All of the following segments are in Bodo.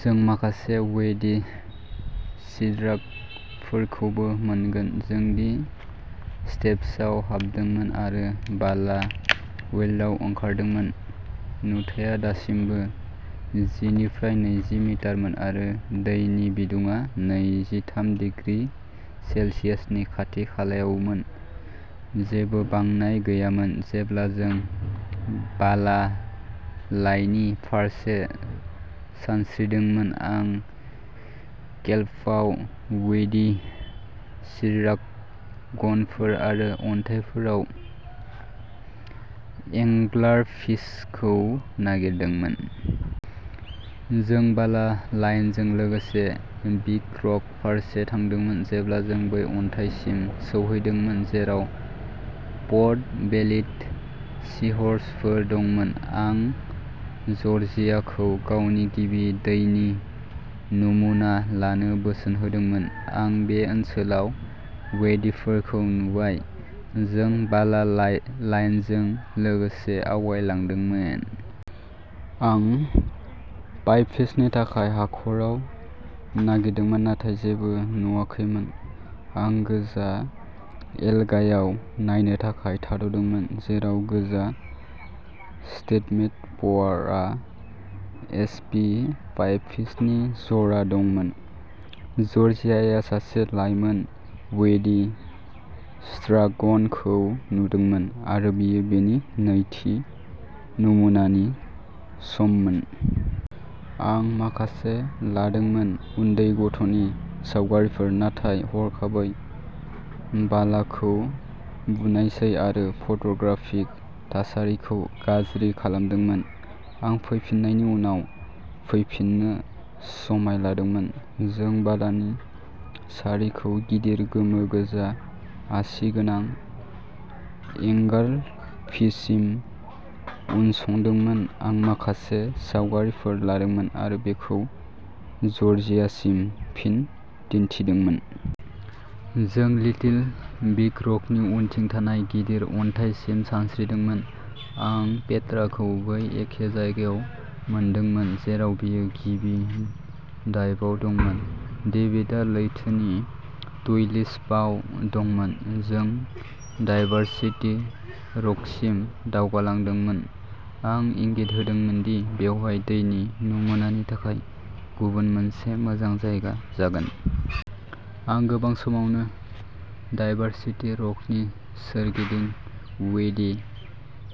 जों माखासे वीडी सीड्रागनफोरखौबो मोनगोन। जों दि स्टेप्सआव हाबदोंमोन आरो बाला वेल्पआव ओंखारदोंमोन। नुथाइया दासिमबो जि निफ्राय नैजि मिटारमोन आरो दैनि बिदुङा नैजिथाम डिग्री सेल्सियासनि खाथि-खालायावमोन। जेबो बांनाय गैयामोन। जेब्ला जों बाला लाइननि फारसे सानस्रिदोंमोन आं केल्पआव वीडी सीड्रागनफोर आरो अन्थाइफोराव एंग्लारफिसखौ नागिरदोंमोन। जों बाला लाइनजों लोगोसे बिग रक फारसे थांदोंमोन। जेब्ला जों बै अन्थाइसिम सौहैदोंमोन जेराव पट-बेलिड सीहर्सफोर दंमोन, आं जर्जियाखौ गावनि गिबि दैनि नमुना लानो बोसोन होदोंमोन। आं बे ओनसोलाव वीडीफोरखौ नुबाय। जों बाला लाइनजों लोगोसे आवगायलांदोंमोन। आं पाइपफिसनि थाखाय हाखराव नागिरदोंमोन नाथाय जेबो नुवाखैमोन। आं गोजा एल्गायाव नायनो थाखाय थाद'दोंमोन जेराव गोजा स्टिग्मेट'प'रा एसपी पाइपफिसनि जरा दंमोन। जर्जियाया सासे लायमोन वीडी सीड्रागनखौ नुदोंमोन आरो बेयो बिनि नैथि नमुनानि सममोन। आं माखासे लादोंमोन। उन्दै गथ'नि सावगारिफोर, नाथाय हरखाबै बालाखौ बुनायसै आरो फट'ग्राफिक थासारिखौ गाज्रि खालामदोंमोन। आं फैफिन्नायनि उनाव फैफिननो समाय लादोंमोन। जों बालानि सारिखौ गिदिर गोमो गोजा आसि गोनां एंग्लारफिससिम उनसंदोंमोन। आं माखासे सावगारिफोर लादोंमोन आरो बेखौ जर्जियासिम फिन दिन्थिदोंमोन। जों लिटिल बिग र'कनि उनथिं थानाय गिदिर अन्थाइसिम सानस्रिदोंमोन। आं "पेट्रा" खौ बै एखे जायगायाव मोनदोंमोन जेराव बियो गिबि डाइभआव दंमोन। "डेभिड" आ लैथोनि ट्यूलिप्सआव दंमोन। जों डायभारसिटि र'कसिम दावगालांदोंमोन। आं इंगित होदोंमोन दि बेवहाय दैनि नमुनानि थाखाय गुबुन मोनसे मोजां जायगा जागोन। आं गोबां समावनो डायभारसिटि र'कनि सोरगिदिं वीडी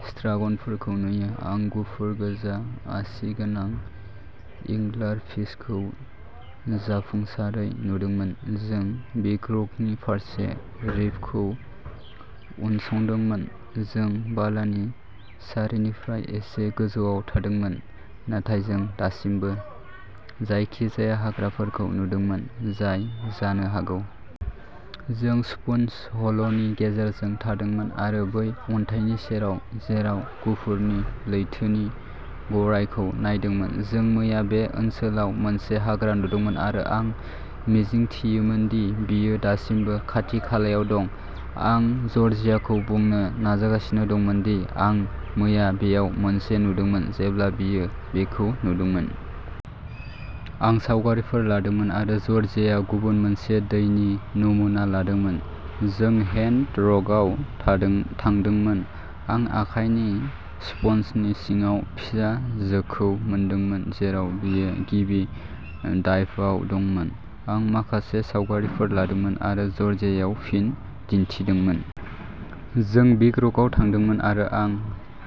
सीड्रागनफोरखौ नुयो। आं गुफुर गोजा आसि गोनां एंग्लारफिसखौ जाफुंसारै नुदोंमोन। जों बिग र'कनि फारसे रीफखौ उनसंदोंमोन। जों बालानि सारिनिफ्राय एसे गोजौआव थादोंमोन, नाथाय जों दासिमबो जायखिजाया हाग्राफोरखौ नुदोंमोन जाय जानो हागौ। जों स्पन्ज हल'नि गेजेरजों थांदोंमोन। आरो बै अन्थाइनि सेराव जेराव गुफुरनि लैथोनि गरायखौ नायदोंमोन। जों मैया बे ओनसोलाव मोनसे हाग्रा नुदोंमोन आरो आं मिजिंथियोमोन दि बेयो दासिमबो खाथि-खालायाव दं। आं जर्जियाखौ बुंनो नाजागासिनो दंमोन दि आं मैया बेयाव मोनसे नुदोंमोन जेब्ला बियो बेखौ नुदोंमोन। आं सावगारिफोर लादोंमोन आरो जर्जियाया गुबुन मोनसे दैनि नमुना लादोंमोन। जों हेन्ड रकआव थांदोंमोन। आं आखाइनि स्पन्जनि सिङाव फिसा जोखौ मोनदोंमोन जेराव बेयो गिबि डाइभआव दंमोन। आं माखासे सावगारिफोर लादोंमोन आरो जर्जियायाव फिन दिन्थिदोंमोन। जों बिग रकआव थांदोंमोन आरो आं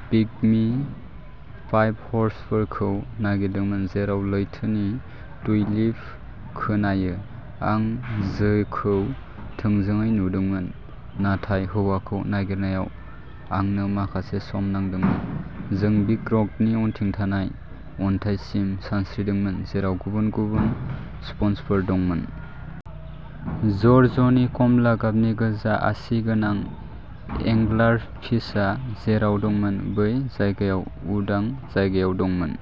पिगमि पाइपहर्सफोरखौ नागिरदोंमोन जेराव लैथोनि ट्यूलिप खोनायो। आं जोखौ थोंजोङै नुदोंमोन नाथाय हौवाखौ नागिरनायाव आंनो माखासे सम नांदोंमोन। जों बिग रकनि उनथिं थानाय अन्थाइसिम सानस्रिदोंमोन जेराव गुबुन गुबुन स्पन्जफोर दंमोन। जर्जनि कमला गाबनि गोजा आसि गोनां एंग्लारफिसआ जेराव दंमोन बै जायगायाव उदां जायगायाव दंमोन।